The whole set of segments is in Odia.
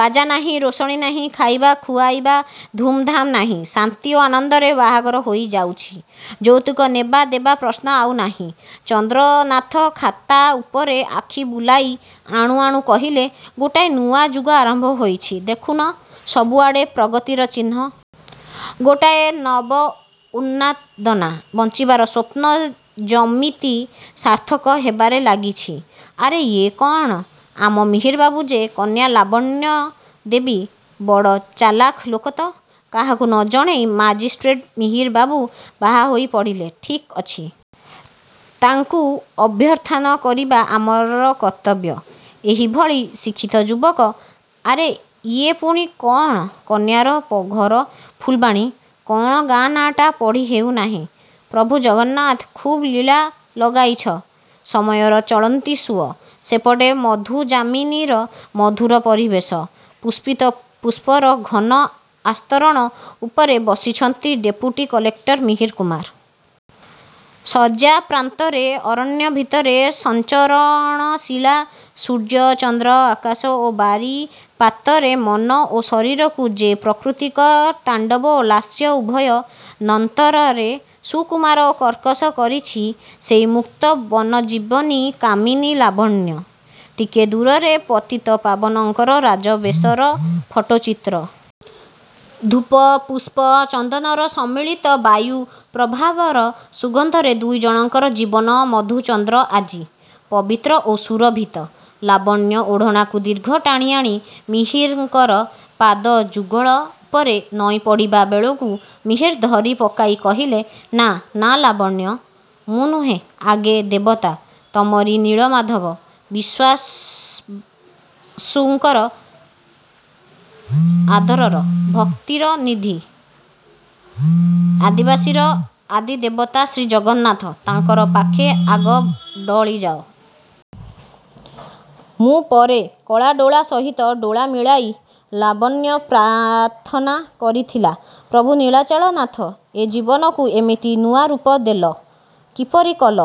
ବାଜା ନାହିଁ, ରୋଷଣୀ ନାହିଁ, ଖାଇବା ଖୁଆଇବା ଧୁମ୍ ଧାମ୍ ନାହିଁ, ଶାନ୍ତି ଓ ଆନନ୍ଦରେ ବାହାଘର ହୋଇଯାଉଛି। ଯୌତୁକ ନେବା ଦେବା ପ୍ରଶ୍ନ ଆଉ ନାହିଁ। ଚନ୍ଦ୍ରନାଥ ଖାତା ଉପରେ ଆଖି ବୁଲାଇ ଆଣୁ ଆଣୁ କହିଲେ-ଗୋଟାଏ ନୂଆ ଯୁଗ ଆରମ୍ଭ ହୋଇଛି। ଦେଖୁନ, ସବୁଆଡ଼େ ପ୍ରଗତିର ଚିହ୍ନ... ଗୋଟାଏ ନବ ଉନ୍ମାଦନା। ବଞ୍ଚିବାର ସ୍ଵପ୍ନ ଯିମିତି ସାର୍ଥକ ହେବାରେ ଲାଗିଛି... ଆରେ ଇଏ କଅଣ? ଆମ ମିହିର ବାବୁ ଯେ... କନ୍ୟା ଲାବଣ୍ୟ ଦେବୀ... ବଡ଼ ଚାଲାଖ୍ ଲୋକ ତ। କାହାକୁ ନ ଜଣେଇ ମାଜିଷ୍ଟ୍ରେଟ୍ ମିହିରବାବୁ ବାହା ହୋଇ ପଡ଼ିଲେ? ଠିକ୍ ଅଛି। ତାଙ୍କୁ ଅଭ୍ୟର୍ଥନା କରିବା ଆମର କର୍ତ୍ତବ୍ୟ। ଏହିଭଳି ଶିକ୍ଷିତ ଯୁବକ... ଆରେ ଇଏ ପୁଣି କଅଣ? କନ୍ୟାର ଘର ଫୁଲବାଣୀ, କଅଣ ଗାଁ ନାଁଟା ପଢ଼ିହେଉନାହିଁ। ପ୍ରଭୁ ଜଗନ୍ନାଥ! ଖୁବ୍ ଲୀଳା ଲଗାଇଛ!! ସମୟର ଚଳନ୍ତି ସୁଅ। ସେପଟେ ମଧୁଯାମିନୀର ମଧୁର ପରିବେଶ। ପୁଷ୍ପିତ ପୁଷ୍ପର ଘନ ଆସ୍ତରଣ ଉପରେ ବସିଛନ୍ତି ଡେପୁଟି କଲେକ୍ଟର ମିହିରକୁମାର। ଶଯ୍ୟାପ୍ରାନ୍ତରେ ଅରଣ୍ୟ ଭିତରେ ସଞ୍ଚରଣଶୀଳା ସୂର୍ଯ୍ୟ, ଚନ୍ଦ୍ର, ଆକାଶ ଓ ବାରିପାତରେ ମନ ଓ ଶରୀରକୁ ଯେ ପ୍ରକୃତିର ତାଣ୍ଡବ ଓ ଲାସ୍ୟ ଉଭୟ ନର୍ତ୍ତନରେ ସୁକୁମାର ଓ କର୍କଶ କରିଛି ସେଇ ମୁକ୍ତ ବନଜୀବିନୀ କାମିନୀ ଲାବଣ୍ୟ। ଟିକିଏ ଦୂରରେ ପତିତପାବନଙ୍କର ରାଜବେଶର ଫଟୋଚିତ୍ର। ଧୂପ, ପୁଷ୍ପ, ଚନ୍ଦନର ସମ୍ମିଳିତ ବାୟୁପ୍ରବାହର ସୁଗନ୍ଧରେ ଦୁଇଜଣଙ୍କର ଜୀବନ ମଧୁଚନ୍ଦ୍ର ଆଜି ପବିତ୍ର ଓ ସୁରଭିତ। ଲାବଣ୍ୟ ଓଢ଼ଣାକୁ ଦୀର୍ଘ ଟାଣିଆଣି ମିହିରଙ୍କର ପାଦଯୁଗଳ ଉପରେ ନଇଁପଡ଼ିବା ବେଳକୁ ମିହିର ଧରି ପକାଇ କହିଲେ-ନାଁ, ନାଁ ଲାବଣ୍ୟ, ମୁଁ ନୁହେଁ, ଆଗେ ଦେବତା। ତମରି ନୀଳମାଧବ, ବିଶ୍ଵାବସୁଙ୍କର ଆଦରର, ଭକ୍ତିର ନିଧି, ଆଦିବାସୀର ଆଦିଦେବତା ଶ୍ରୀଜଗନ୍ନାଥ, ତାଙ୍କର ପାଖେ ଆଗ ଢଳିଯାଅ। ମୁଁ ପରେ। କଳାଡ଼ୋଳା ସହିତ ଡୋଳା ମିଳାଇ ଲାବଣ୍ୟ ପ୍ରାର୍ଥନା କରିଥିଲା-ପ୍ରଭୁ ନୀଳାଚଳ ନାଥ, ଏ ଜୀବନକୁ ଏମିତି ନୂଆରୂପ ଦେଲ? କିପରି କଲ?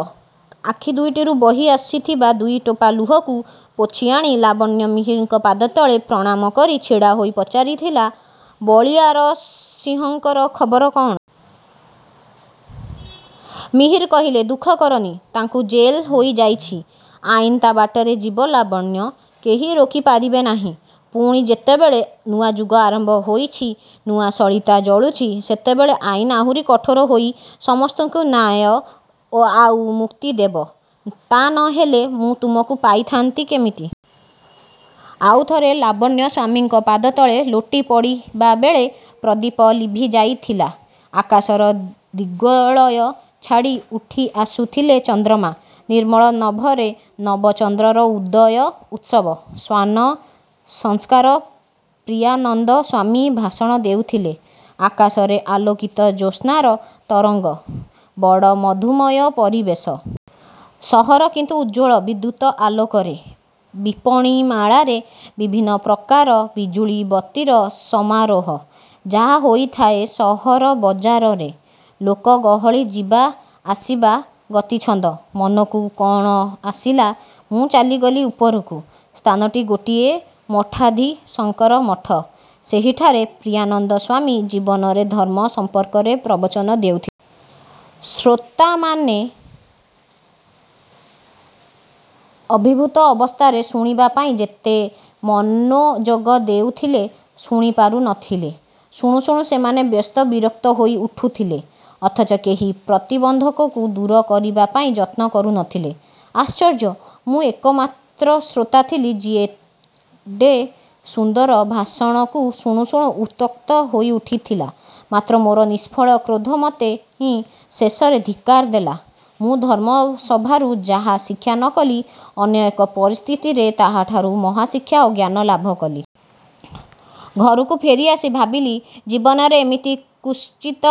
ଆଖି ଦୁଇଟିରୁ ବହି ଆସିଥିବା ଦୁଇ ଟୋପା ଲୁହକୁ ପୋଛି ଆଣି ଲାବଣ୍ୟ ମିହିରଙ୍କ ପାଦତଳେ ପ୍ରଣାମକରି ଛିଡ଼ାହୋଇ ପଚାରିଥିଲା- ବଳିୟାର ସିଂହଙ୍କର ଖବର କଅଣ? ମିହିର କହିଲେ-ଦୁଃଖ କରନି, ତାଙ୍କୁ ଜେଲ୍ ହୋଇଯାଇଛି। ଆଇନ୍ ତା ବାଟରେ ଯିବ ଲାବଣ୍ୟ, କେହି ରୋକି ପାରିବେନାହିଁ। ପୁଣି ଯେତେବେଳେ ନୂଆଯୁଗ ଆରମ୍ଭ ହୋଇଛି, ନୂଆ ସଳିତା ଜଳୁଛି, ସେତେବେଳେ ଆଇନ୍ ଆହୁରି କଠୋର ହୋଇ ସମସ୍ତଙ୍କୁ ନ୍ୟାୟ ଆଉ ମୁକ୍ତି ଦେବ-। ତା ନ ହେଲେ ମୁଁ ତମକୁ ପାଇଥାନ୍ତି କିମିତି? ଆଉ ଥରେ ଲାବଣ୍ୟ ସ୍ଵାମୀଙ୍କ ପାଦତଳେ ଲୋଟି ପଡ଼ିବାବେଳେ ପ୍ରଦୀପ ଲିଭିଯାଇଥିଲା। ଆକାଶର ଦିଗ୍ବଳୟ ଛାଡ଼ି ଉଠିଆସୁଥିଲେ ଚନ୍ଦ୍ରମା। ନିର୍ମଳ ନଭରେ ନବ ଚନ୍ଦ୍ରର ଉଦୟ ଉତ୍ସବ। ଶ୍ଵାନ ସଂସ୍କାର ପ୍ରିୟାନନ୍ଦ ସ୍ଵାମୀ ଭାଷଣ ଦେଉଥିଲେ। ଆକାଶରେ ଆଲୋକିତ ଜ୍ୟୋସ୍ନାର ତରଙ୍ଗ। ବଡ଼ ମଧୁମୟ ପରିବେଶ। ସହର କିନ୍ତୁ ଉଜ୍ଜ୍ଵଳ ବିଦ୍ୟୁତ୍ ଆଲୋକରେ। ବିପଣିମାଳାରେ ବିଭିନ୍ନ ପ୍ରକାର ବିଜୁଳିବତୀର ସମାରୋହ। ଯାହା ହୋଇଥାଏ ସହର ବଜାରରେ। ଲୋକ ଗହଳି ଯିବା ଆସିବାର ଗତିଛନ୍ଦ। ମନକୁ କଅଣ ଆସିଲା, ମୁଁ ଚାଲିଗଲି ଉପରକୁ। ସ୍ଥାନଟି ଗୋଟିଏ ମଠାଧୀଶଙ୍କର ମଠ-। ସେହିଠାରେ ପ୍ରିୟାନନ୍ଦ ସ୍ଵାମୀ 'ଜୀବନରେ ଧର୍ମ' ସମ୍ପର୍କରେ ପ୍ରବଚନ ଦେଉଥିଲେ। ଶ୍ରୋତାମାନେ ଅଭିଭୂତ ଅବସ୍ଥାରେ ଶୁଣିବାପାଇଁ ଯେତେ ମନୋଯୋଗ ଦେଉଥିଲେ, ଶୁଣିପାରୁ ନଥିଲେ। ଶୁଣୁ ଶୁଣୁ ସେମାନେ ବ୍ୟସ୍ତ ବିରକ୍ତ ହୋଇ ଉଠୁଥିଲେ। ଅଥଚ କେହି ପ୍ରତିବନ୍ଧକକୁ ଦୂର କରିବାପାଇଁ ଯତ୍ନ କରୁନଥିଲେ। ଆଶ୍ଚର୍ଯ୍ୟ... ମୁଁ ଏକମାତ୍ର ଶ୍ରୋତା ଥିଲି, ଯିଏ ଏଡ଼େ ସୁନ୍ଦର ଭାଷଣକୁ ଶୁଣୁ ଶୁଣୁ ଉତ୍ତ୍ୟକ୍ତ ହୋଇଉଠିଥିଲା; ମାତ୍ର ମୋର ନିଷ୍ଫଳ କ୍ରୋଧ ମତେ ହିଁ ଶେଷରେ ଧିକ୍କାର ଦେଲା, ମୁଁ ଧର୍ମସଭାରୁ ଯାହା ଶିକ୍ଷା ନ କଲି, ଅନ୍ୟ ଏକ ପରିସ୍ଥିତିରେ ତାହାଠାରୁ ମହାଶିକ୍ଷା ଓ ଜ୍ଞାନ ଲାଭକଲି। ଘରକୁ ଫେରିଆସି ଭାବିଲି, ଜୀବନରେ ଏମିତି କ୍ଵଚିତ୍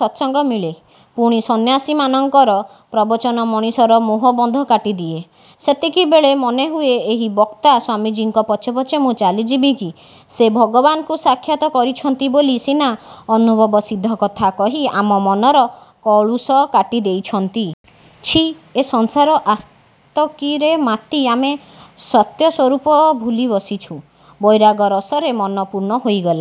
ସତ୍ସଙ୍ଗ ମିଳେ। ପୁଣି ସନ୍ନ୍ୟାସୀମାନଙ୍କର ପ୍ରବଚନ ମଣିଷର ମୋହବନ୍ଧ କାଟିଦିଏ, ସେତିକିବେଳେ ମନେହୁଏ ଏହି ବକ୍ତା ସ୍ଵାମୀଜୀଙ୍କ ପଛେ ପଛେ ମୁଁ ଚାଲିଯିବି କି? ସେ ଭଗବାନଙ୍କୁ ସାକ୍ଷାତ୍ କରିଛନ୍ତି ବୋଲି ସିନା ଅନୁଭବସିଦ୍ଧ କଥା କହି ଆମ ମନର କଳୁଷ କାଟିଦେଇଛନ୍ତି। ଛିଃ ଏ ସଂସାର ଆସକ୍ତିରେ ମାତି ଆମେ ସତ୍ୟସ୍ୱରୂପକୁ ଭୁଲିବସିଛୁ। ବୈରାଗ୍ୟ ରସରେ ମନ ପୂର୍ଣ୍ଣ ହୋଇଗଲା।